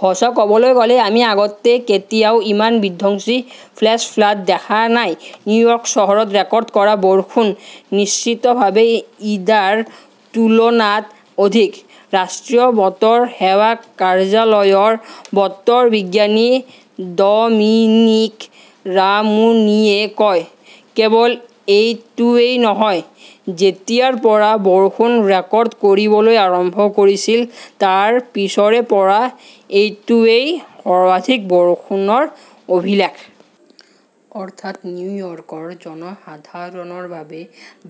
সঁচা ক'বলৈ গ'লে, আমি আগতে কেতিয়াও ইমান বিধ্বংসী ফ্লেশ্ব ফ্লাড' দেখা নাই, নিউয়ৰ্ক চহৰত ৰেকৰ্ড কৰা বৰষুণ নিশ্চিতভাৱে ইডাৰ তুলনাত অধিক, ৰাষ্ট্ৰীয় বতৰ সেৱা কাৰ্যালয়ৰ বতৰ বিজ্ঞানী ডমিনিক ৰামুনীয়ে কয়। কেৱল এইটোৱেই নহয়, যেতিয়াৰ পৰা বৰষুণ ৰেকৰ্ড কৰিবলৈ আৰম্ভ কৰিছিল তাৰ পিছৰে পৰা এইটোৱেই সৰ্বাধিক বৰষুণৰ অভিলেখ। অৰ্থাৎ, নিউয়ৰ্কৰ জনসাধাৰণৰ বাবে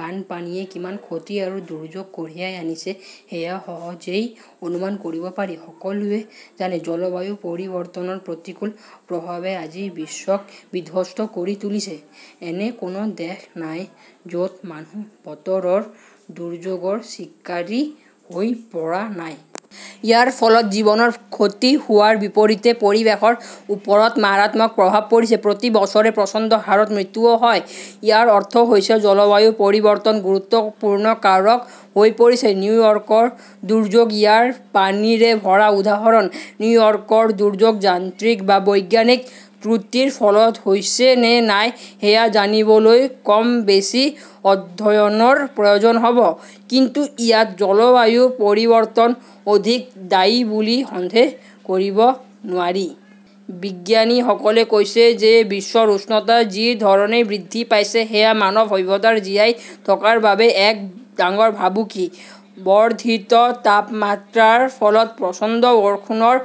বানপানীয়ে কিমান ক্ষতি আৰু দুৰ্যোগ কঢ়িয়াই আনিছে সেয়া সহজেই অনুমান কৰিব পাৰি। সকলোৱে জানে, জলবায়ু পৰিৱৰ্তনৰ প্ৰতিকূল প্ৰভাৱে আজি বিশ্বক বিধ্বস্ত কৰি তুলিছে। এনে কোনো দেশ নাই য'ত মানুহ বতৰৰ দুৰ্যোগৰ চিকাৰী হৈ পৰা নাই। ইয়াৰ ফলত জীৱনৰ ক্ষতি হোৱাৰ বিপৰীতে পৰিৱেশৰ ওপৰত মাৰাত্মক প্ৰভাৱ পৰিছে। প্ৰতি বছৰে প্ৰচণ্ড হাৰত মৃত্যুও হয়। ইয়াৰ অৰ্থ হৈছে জলবায়ু পৰিৱৰ্তন গুৰুত্বপূৰ্ণ কাৰক হৈ পৰিছে। নিউয়ৰ্কৰ দুৰ্যোগ ইয়াৰ পানীৰে ভৰা উদাহৰণ। নিউয়ৰ্কৰ দুৰ্যোগ যান্ত্ৰিক বা বৈজ্ঞানিক ত্ৰুটিৰ ফলত হৈছে নে নাই সেয়া জানিবলৈ কম বেছি অধ্যয়নৰ প্ৰয়োজন হ'ব, কিন্তু ইয়াত জলবায়ু পৰিৱৰ্তন অধিক দায়ী বুলি সন্দেহ কৰিব নোৱাৰি। বিজ্ঞানীসকলে কৈছে যে বিশ্বৰ উষ্ণতা যি ধৰণে বৃদ্ধি পাইছে সেয়া মানৱ সভ্যতাৰ জীয়াই থকাৰ বাবে এক ডাঙৰ ভাবুকি। বৰ্ধিত তাপমাত্ৰাৰ ফলত প্ৰচণ্ড বৰষুণৰ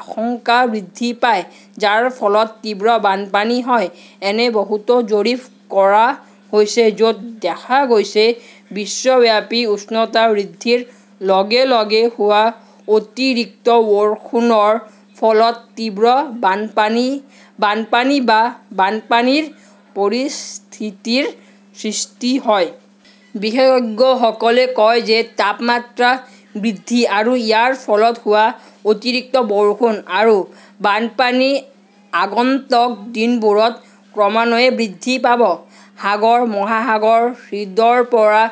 আশংকা বৃদ্ধি পায়, যাৰ ফলত তীব্ৰ বানপানী হয়। এনে বহুতো জৰীপ কৰা হৈছে, য'ত দেখা গৈছে বিশ্বব্যাপী উষ্ণতা বৃদ্ধিৰ লগে লগে হোৱা অতিৰিক্ত বৰষুণৰ ফলত তীব্ৰ বানপানী, বানপানী বা বানপানীৰ পৰিস্থিতিৰ সৃষ্টি হয়। বিশেষজ্ঞসকলে কয় যে তাপমাত্ৰা বৃদ্ধি আৰু ইয়াৰ ফলত হোৱা অতিৰিক্ত বৰষুণ আৰু বানপানী আগন্তুক দিনবোৰত ক্ৰমান্বয়ে বৃদ্ধি পাব। সাগৰ-মহাসাগৰ, হ্ৰদৰ পৰা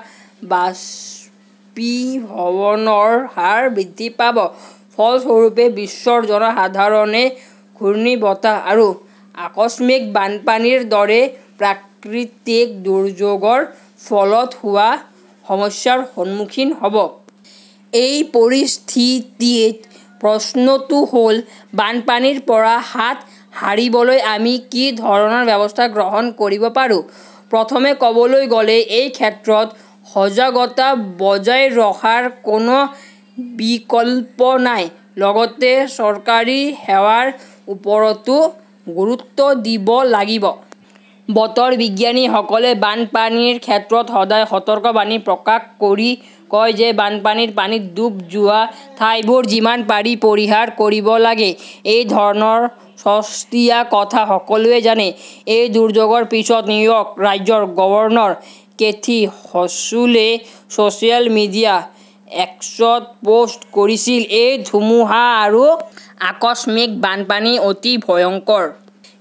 বাষ্পীভৱনৰ হাৰ বৃদ্ধি পাব। ফলস্বৰূপে, বিশ্বৰ জনসাধাৰণে ঘূৰ্ণীবতাহ আৰু আকস্মিক বানপানীৰ দৰে প্ৰাকৃতিক দুৰ্যোগৰ ফলত হোৱা সমস্যাৰ সন্মুখীন হ'ব। এই পৰিস্থিতিত প্ৰশ্নটো হ'ল, বানপানীৰ পৰা হাত সাৰিবলৈ আমি কি ধৰণৰ ব্যৱস্থা গ্ৰহণ কৰিব পাৰোঁ? প্ৰথমে ক'বলৈ গ'লে, এই ক্ষেত্ৰত সজাগতা বজাই ৰখাৰ কোনো বিকল্প নাই। লগতে চৰকাৰী সেৱাৰ ওপৰতো গুৰুত্ব দিব লাগিব। বতৰ বিজ্ঞানীসকলে বানপানীৰ ক্ষেত্ৰত সদায় সতৰ্কবাণী প্ৰকাশ কৰি কয় যে বানপানীৰ পানীত ডুব যোৱা ঠাইবোৰ যিমান পাৰি পৰিহাৰ কৰিব লাগে। এই ধৰণৰ সস্তীয়া কথা সকলোৱে জানে। এই দুৰ্যোগৰ পিছত, নিউয়ৰ্ক ৰাজ্যৰ governor Kathy Hochul social media এক্সত পোষ্ট কৰিছিল, এই ধুমুহা আৰু আকস্মিক বানপানী অতি ভয়ংকৰ।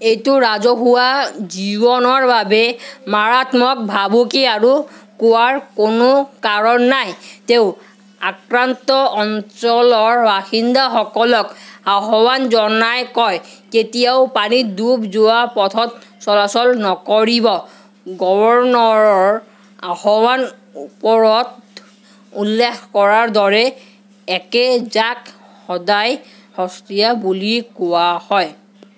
এইটো ৰাজহুৱা জীৱনৰ বাবে মাৰাত্মক ভাবুকি, আৰু কোৱাৰ কোনো কাৰণ নাই। তেওঁ আক্ৰান্ত অঞ্চলৰ বাসিন্দাসকলক আহ্বান জনাই কয়, কেতিয়াও পানীত ডুব যোৱা পথত চলাচল নকৰিব। গৱৰ্ণৰৰ আহ্বান ওপৰত উল্লেখ কৰাৰ দৰে একে, যাক সদায় সস্তীয়া বুলি কোৱা হয়।